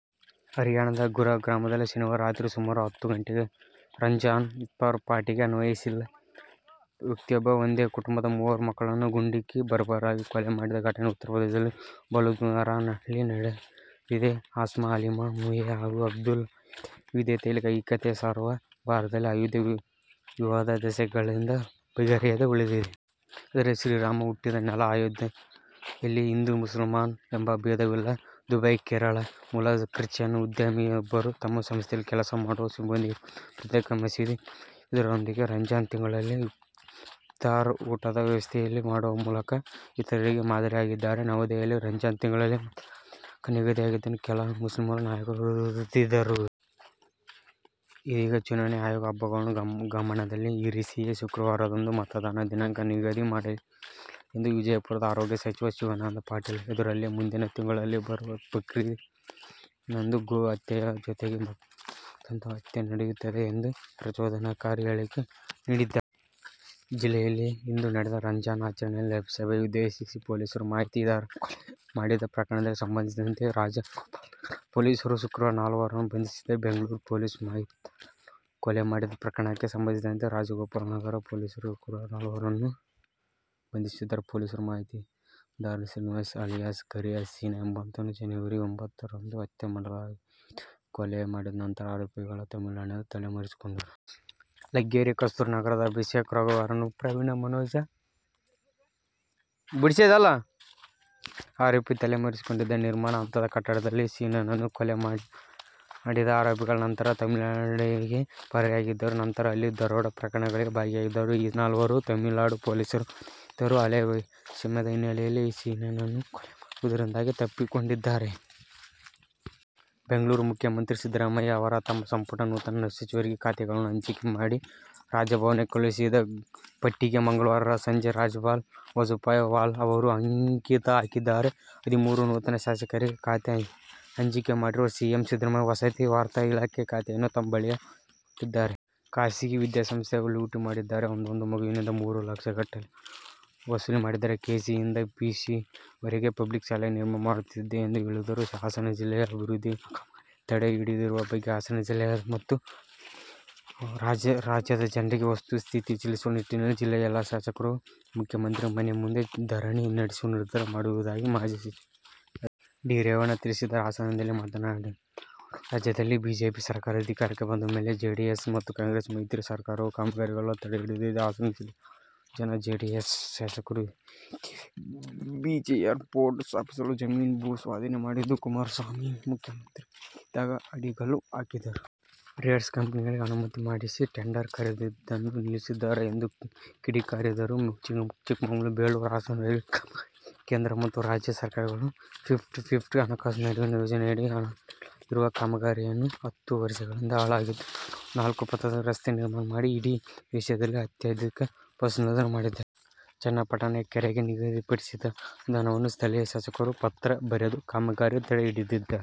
ಹರಿಯಾಣದ ಗುರುಗ್ರಾಮದಲ್ಲಿ ಶನಿವಾರ ರಾತ್ರಿ ಸುಮಾರು ಹತ್ತು ಗಂಟೆಗೆ ರಂಜಾನ್ನ ಇಫ್ತಾರ್ ಪಾರ್ಟಿಗೆ ಆಹ್ವಾನಿಸಿಲ್ಲ ಎಂದು ವ್ಯಕ್ತಿಯೊಬ್ಬ ಒಂದೇ ಕುಟುಂಬದ ಮೂವರು ಮಕ್ಕಳನ್ನು ಗುಂಡಿಕ್ಕಿ ಬರ್ಬರವಾಗಿ ಕೊಲೆ ಮಾಡಿದ ಘಟನೆ ಉತ್ತರ ಪ್ರದೇಶದ ಬುಲಂದ್ಶಹರ್ ನಲ್ಲಿ ನಡೆದಿದೆ. ಆಸ್ಮಾ, ಅಲೀಮಾ ಮೋಹೆ ಹಾಗೂ ಅಬ್ದುಲ್ಲಾ ಅಯೋಧ್ಯೆ: ವಿವಿಧತೆಯಲ್ಲಿ ಏಕತೆಯನ್ನು ಸಾರುವ ಭಾರತದಲ್ಲಿ ಅಯೋಧ್ಯೆ ವಿವಾದ ದಶಕಗಳಿಂದ ಬಗೆಹರಿಯದೆ ಉಳಿದಿದೆ. ಆದರೆ ಶ್ರೀರಾಮ ಹುಟ್ಟಿದ ನೆಲ ಅಯೋಧ್ಯೆಯಲ್ಲಿ ಹಿಂದೂ-ಮುಸಲ್ಮಾನ್ ಎಂಬ ಭೇದವಿಲ್ಲ. ದುಬೈ: ಕೇರಳ ಮೂಲದ ಕ್ರಿಶ್ಚಿಯನ್ ಉದ್ಯಮಿಯೊಬ್ಬರು ತಮ್ಮ ಸಂಸ್ಥೆಯಲ್ಲಿ ಕೆಲಸ ಮಾಡುವ ಸಿಬ್ಬಂದಿಗೆಂದು ಪ್ರತ್ಯೇಕ ಮಸೀದಿ ನಿರ್ಮಿಸುವುದರೊಂದಿಗೆ ರಂಜಾನ್ ತಿಂಗಳಲ್ಲಿ ಇಫ್ತಾರ್ ಊಟದ ವ್ಯವಸ್ಥೆಯನ್ನು ಮಾಡುವ ಮೂಲಕ ಇತರರಿಗೆ ಮಾದರಿಯಾಗಿದ್ದಾರೆ. ನವದೆಹಲಿ: ರಂಜಾನ್ ತಿಂಗಳಲ್ಲಿ ಮತದಾನದ ದಿನಾಂಕ ನಿಗದಿಯಾಗಿದ್ದನ್ನು ಕೆಲ ಮುಸ್ಲಿಂ ನಾಯಕರು ವಿರೋಧಿದ್ದರು. ಇದೀಗ ಚುನಾವಣೆ ಆಯೋಗ ಹಬ್ಬಗಳನ್ನು ಗಮನದಲ್ಲಿ ಇರಿಸಿಯೇ ಶುಕ್ರವಾರದಂದು ಮತದಾನ ದಿನಾಂಕ ನಿಗದಿ ಮಾಡಿಲ್ಲ ಎಂದು. ವಿಜಯಪುರ: ಆರೋಗ್ಯ ಸಚಿವ ಶಿವಾನಂದ ಪಾಟಿಲ್ ಎದುರಲ್ಲೇ ಮುಂದಿನ ತಿಂಗಳುಗಳಲ್ಲಿ ಬರುವ ಬಕ್ರೀದ್ ನಂದು ಗೋ ಹತ್ಯೆಯ ಜೊತೆಗೆ ಮತ್ತೊಂದು ಹತ್ಯೆ ನಡೆಯುತ್ತದೆ ಎಂದು ಪ್ರಚೋದನಾಕಾರಿ ಹೇಳಿಕೆ ನೀಡಿದ್ದಾರೆ. ಜಿಲ್ಲೆಯಲ್ಲಿ ಇಂದು ನಡೆದ ರಂಜಾನ್ ಆಚರಣೆಯಲ್ಲಿ ಸಭೆಯನ್ನು ಉದ್ದೇಶಿಸಿ ಪೊಲೀಸ್ ಮಾಹಿತಿದಾರನನ್ನು ಕೊಲೆ ಮಾಡಿದ್ದ ಪ್ರಕರಣಕ್ಕೆ ಸಂಬಂಧಿಸಿದಂತೆ ರಾಜಗೋಪಾಲನಗರ ಪೊಲೀಸರು ಶುಕ್ರವಾರ ನಾಲ್ವರನ್ನು ಬಂಧಿಸಿದ್ದಾರೆ. ಬೆಂಗಳೂರು: ಪೊಲೀಸ್ ಮಾಹಿತಿದಾರನನ್ನು ಕೊಲೆ ಮಾಡಿದ್ದ ಪ್ರಕರಣಕ್ಕೆ ಸಂಬಂಧಿಸಿದಂತೆ ರಾಜಗೋಪಾಲನಗರ ಪೊಲೀಸರು ಶುಕ್ರವಾರ ನಾಲ್ವರನ್ನು ಬಂಧಿಸಿದ್ದಾರೆ. ಪೊಲೀಸ್ ಮಾಹಿತಿದಾರ ಶ್ರೀನಿವಾಸ್ ಅಲಿಯಾಸ್ ಕರಿಯ ಸೀನ ಎಂಬಾತನನ್ನು ಜನವರಿ ಒಂಭತ್ತರಂದು ಹತ್ಯೆ ಮಾಡಲಾಗಿತ್ತು, ಕೊಲೆ ಮಾಡಿದ ನಂತರ ಆರೋಪಿಗಳು ತಮಿಳುನಾಡಿನಲ್ಲಿ ತಲೆ ಮರೆಸಿಕೊಂಡಿದ್ದರು. ಲಗ್ಗೆರೆ ಕಸ್ತೂರಿ ನಗರದ ಅಭಿಷೇಕ್, ರಘುವರನ್, ಪ್ರವೀಣ್, ಮನೋಜ್ ಕುಮಾರ್ ಬಂಧಿತ ಆರೋಪಿಗಳು, ಪ್ರಮುಖ ಆರೋಪಿ ತಲೆ ಮರೆಸಿಕೊಂಡಿದ್ದಾನೆ. ನಿರ್ಮಾಣ ಹಂತದ ಕಟ್ಟಡದಲ್ಲಿ ಸೀನನನ್ನು ಕೊಲೆ ಮಾಡಿದ ಆರೋಪಿಗಳು ನಂತರ ತಮಿಳುನಾಡಿಗೆ ಪರಾರಿಯಾಗಿದ್ದರು. ನಂತರ ಅಲ್ಲಿ ದರೋಡೆ ಪ್ರಕರಣಗಳಲ್ಲಿ ಭಾಗಿಯಾಗಿದ್ದರು. ಈ ನಾಲ್ವರನ್ನು ತಮಿಳುನಾಡು ಪೊಲೀಸರು ಬಂಧಿಸಿದ್ದರು, ಹಳೇ ವೈಷಮ್ಯದ ಹಿನ್ನೆಲೆಯಲ್ಲಿ ಸೀನನನ್ನು ಕೊಲೆ ಮಾಡಿರುವುದಾಗಿ ತಪ್ಪೊಪ್ಪಿಕೊಂಡಿದ್ದಾರೆ. ಬೆಂಗಳೂರು: ಮುಖ್ಯಮಂತ್ರಿ ಸಿದ್ದರಾಮಯ್ಯ ಅವರು ತಮ್ಮ ಸಂಪುಟ ನೂತನ ಸಚಿವರಿಗೆ ಖಾತೆಗಳನ್ನು ಹಂಚಿಕೆ ಮಾಡಿ ರಾಜಭವನಕ್ಕೆ ಕಳುಹಿಸಿದ್ದ ಪಟ್ಟಿಗೆ ಮಂಗಳವಾರ ಸಂಜೆ ರಾಜ್ಯಪಾಲ ವಜುಭಾಯಿ ವಾಲಾ ಅವರು ಅಂಕಿತ ಹಾಕಿದ್ದಾರೆ. ಹದಿಮೂರು ನೂತನ ಶಾಸಕರಿಗೆ ಖಾತೆ ಹಂಚಿಕೆ ಮಾಡಿರುವ ಸಿಎಂ ಸಿದ್ದರಾಮಯ್ಯ ವಸತಿ, ವಾರ್ತಾ ಇಲಾಖೆ ಖಾತೆಯನ್ನು ತಮ್ಮ ಬಳಿಯೇ ಉಳಿಸಿಕೊಂಡಿದ್ದಾರೆ. ಖಾಸಗಿ ವಿದ್ಯಾಸಂಸ್ಥೆಗಳು ಲೂಟಿ ಮಾಡುತ್ತಿದ್ದಾರೆ. ಒಂದೊಂದು ಮಗುವಿನಿಂದ ಮೂರು ಲಕ್ಷ ಗಟ್ಟಲೆ ಹಣ ವಸೂಲಿ ಮಾಡಿದ್ದಾರೆ. ಕೆ. ಜಿ ಯಿಂದ ಪಿ. ಯು. ಸಿ ವರೆಗೆ ಪ್ಲಬಿಕ್ ಶಾಲೆ ನಿರ್ಮಾಣ ಮಾಡುತ್ತಿದ್ದೆ ಎಂದು ಹೇಳಿದರು. ಹಾಸನ; ಜಿಲ್ಲೆಯ ಅಭಿವೃದ್ಧಿ ಕಾಮಗಾರಿಗಳನ್ನು ತಡೆ ಹಿಡಿದಿರುವ ಬಗ್ಗೆ ಹಾಸನ ಜಿಲ್ಲೆಯ ಮತ್ತು ರಾಜ್ಯದ ಜನರಿಗೆ ವಸ್ತುಸ್ಥಿತಿ ತಿಳಿಸುವ ನಿಟ್ಟಿನಲ್ಲಿ ಜಿಲ್ಲೆಯ ಎಲ್ಲಾ ಶಾಸಕರು ಮುಖ್ಯಮಂತ್ರಿ ಮನೆ ಮುಂದೆ ದರಣಿ ನಡೆಸಲು ನಿರ್ಧಾರ ಮಾಡಿರುವುದಾಗಿ ಮಾಜಿ ಸಚಿವ ಹೆಚ್. ಡಿ. ರೇವಣ್ಣ ತಿಳಿಸಿದ್ದಾರೆ. ಹಾಸನದಲ್ಲಿ ಮಾತನಾಡಿದ ಅವರು, ರಾಜ್ಯದಲ್ಲಿ ಬಿಜೆಪಿ ಸರಕಾರ ಅಧಿಕಾರಕ್ಕೆ ಬಂದ ಮೇಲೆ ಜೆಡಿಎಸ್ ಮತ್ತು ಕಾಂಗ್ರೆಸ್ ಮೈತ್ರಿ ಸರ್ಕಾರವು ಕಾಮಗಾರಿಗಳನ್ನು ತಡೆಹಿಡಿದಿದೆ. ಹಾಸನ ಜಿಲ್ಲೆಯಲ್ಲಿ ಆರು ಜನ ಜೆಡಿಎಸ್ ಶಾಸಕರು ಇದ್ದೇವೆ. ಬಿ. ಜೆ. ಏರ್ ಪೋರ್ಟ್ ಸ್ಥಾಪಿಸಲು ಜಮೀನು ಭೂ ಸ್ವಾಧೀನ ಮಾಡಿದ್ದು, ಕುಮಾರಸ್ವಾಮಿ ಮುಖ್ಯಮಂತ್ರಿಯಾಗಿದ್ದಾಗ ಅಡಿಗಲ್ಲು ಹಾಕಿದ್ದರು. ರೈಟ್ಸ್ ಕಂಪನಿಗೆ ಅನುಮತಿ ಮಾಡಿಸಿ ಟೆಂಡರ್ ಕರೆದಿದ್ದನ್ನು ನಿಲ್ಲಿಸಿದ್ದಾರೆ ಎಂದು ಕಿಡಿಕಾರಿದರು. ಚಿಕ್ಕಮಗಳೂರು-ಬೇಲೂರು-ಹಾಸನ ರೈಲ್ವೆ ಕಾಮಗಾರಿಗೆ ಕೇಂದ್ರ ಮತ್ತು ರಾಜ್ಯ ಸರ್ಕಾರಗಳು ಫಿಫ್ಟಿ:ಫಿಫ್ಟಿ ಹಣಕಾಸು ನೆರವಿನ ಯೋಜನೆಯಡಿ ಹಣ ನೀಡಲಾಗಿರುವ ಕಾಮಗಾರಿಯನ್ನು ತಡೆಹಿಡಿದಿದ್ದಾರೆ. ಚನ್ನಪಟ್ಟಣ ಕೆರೆ ಕಳೆದ ಹತ್ತು ವರ್ಷಗಳಿಂದ ಹಾಳಾಗಿತ್ತು. ನಾನು ನಾಲ್ಕು ಪಥದ ರಸ್ತೆ ನಿರ್ಮಾಣ ಮಾಡಿ, ಇಡೀ ಎಷ್ಯಾದಲ್ಲೇ ಅತ್ಯಾಧುನಿಕ ಬಸ್ ನಿಲ್ದಾಣ ಮಾಡಿಸಿದೆ. ಚನ್ನಪಟ್ಟಣ ಕೆರೆಗೆ ನಿಗದಿಪಡಿಸಿದ ಅನುದಾನವನ್ನು ಸ್ಥಳೀಯ ಶಾಸಕರು ಪತ್ರ ಬರೆದು ಕಾಮಗಾರಿ ತಡೆ ಹಿಡಿದಿದ್ದಾರೆ.